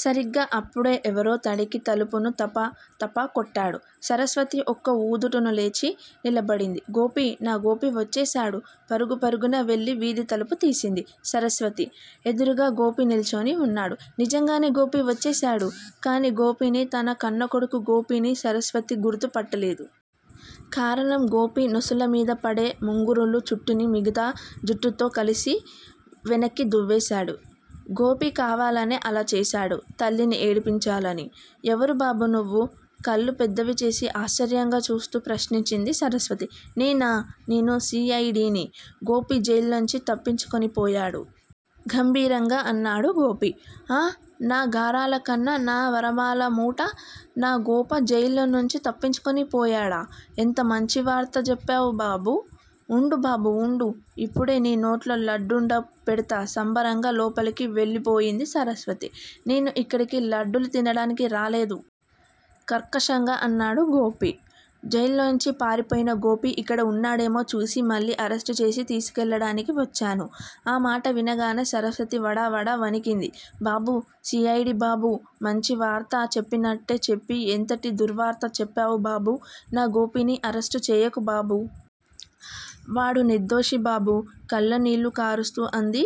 సరిగ్గా అప్పుడే ఎవరో తడిక తలుపుని తప తపా కొట్టాడు. సరస్వతి ఒక్క ఉదుటున లేచి నిలబడింది. గోపీ? నా గోపీ వచ్చేశాడు!! పరుగు పరుగున వెళ్ళి వీధి తలుపు తీసింది సరస్వతి. ఎదురుగా గోపి నిల్చుని ఉన్నాడు. నిజంగానే గోపి వచ్చేశాడు. కాని గోపిని, తన కన్నకొడుకు గోపిని సరస్వతి గుర్తు పట్టలేదు. కారణం గోపి నొసలుమీద పడే ముంగురుల చుట్టని మిగతా జుట్టుతో కలిసి వెనక్కి దువ్వేశాడు. గోపి కావాలనే అలాచేసాడు తల్లిని ఏడిపించాలని! ఎవరుబాబూ నువ్వు కళ్ళు పెద్దవిచేసి ఆశ్చర్యంగా చూస్తూ ప్రశ్నించింది సరస్వతి. నేనా? నేను సి. ఐ. డి. ని, గోపీ జైల్లోంచి తప్పించుకునిపోయాడు! గంభీరంగా అన్నాడు గోపి. ఆ. నా గారాలకన్న, నా వరాలమూట, నా గోప జైల్లోంచి తప్పించుకుని పోయాడా? ఎంత మంచి వార్త చెప్పావు బాబూ? ఉండు బాబూ ఉండు. ఇప్పుడే నీ నోట్లో లడ్డుండ పెడ్తా సంబరంగా లోపలికి వెళ్ళబోయింది సరస్వతి. నేను ఇక్కడికి లడ్డులు తినడానికి రాలేదు. కర్కశంగా అన్నాడు గోపి. జైల్లోంచి పారిపోయిన గోపి ఇక్కడ ఉన్నాడేమో చూసి మళ్ళీ అరెస్టుచేసి తీసుకెళ్ళడానికి వచ్చాను! ఆ మాట వినగానే సరస్వతి వడవడా వణికింది. బాబూ, సి. ఐ. డి. బాబూ. మంచివార్త చెప్పినట్టే చెప్పి ఎంతటి దుర్వార్త చెప్పావుబాబూ. నా గోపిని అరెస్టు చేయకు బాబూ. వాడు నిర్దోషి బాబూ కళ్ళనీళ్ళు కారుస్తూ అంది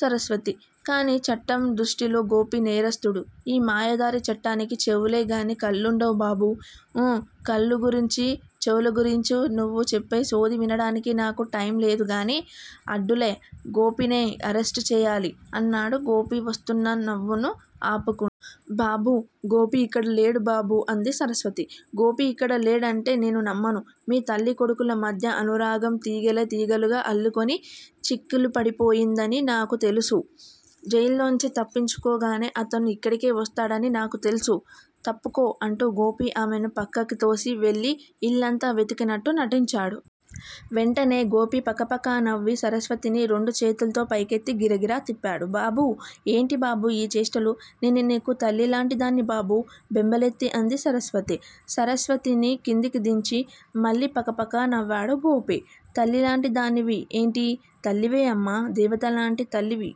సరస్వతి. కానీ చట్టం దృష్టింలో గోపీ నేరస్థుడు. ఈ మాయదారి చట్టానికి చెవులేగానీ కళ్ళుండవు బాబూ. ఊ. కళ్ళగురించీ, చెవులగురించీ నువ్వు చెప్పేసోది వినడానికి నాకు టైంలేదుగానీ, అడ్డులే. గోపిని అరెస్టు చేయాలి! అన్నాడు గోపి వస్తున్న నవ్వును ఆపుకుంటూ. బాబూ! గోపి ఇక్కడలేడు బాబూ అంది సరస్వతి. గోపి ఇక్కడ లేడంటే నేను నమ్మను. మీ తల్లి కొడుకుల మధ్య అనురాగం తీగెలు తీగెలుగా అల్లుకొని చిక్కులుపడిపయిందని నాకు తెలుసు. జైలునుంచి తప్పించుకోగానే అతను ఇక్కడికే వస్తాడని నాకు తెల్సు. తప్పుకో అంటూ గోపి ఆమెని పక్కకితోసి వెళ్ళి ఇల్లంతా వెతికినట్టు నటించాడు. వెంటనే గోపి పకపకా నవ్వి సరస్వతిని రెండు చేతుల్తో పైకెత్తి గిరగిరా తిప్పాడు. బాబూ! ఏంటి బాబూ ఈచేష్టలూ. నేను నీకు తల్లిలాంటిదాన్ని బాబూ బెంబేలెత్తి అంది సరస్వతి. సరస్వతిని క్రిందకిదించి మళ్ళీ పకపకా నవ్వాడు గోపి. తల్లిలాంటిదానివి ఏంటి? తల్లివే అమ్మా. దేవతలాంటి తల్లివి!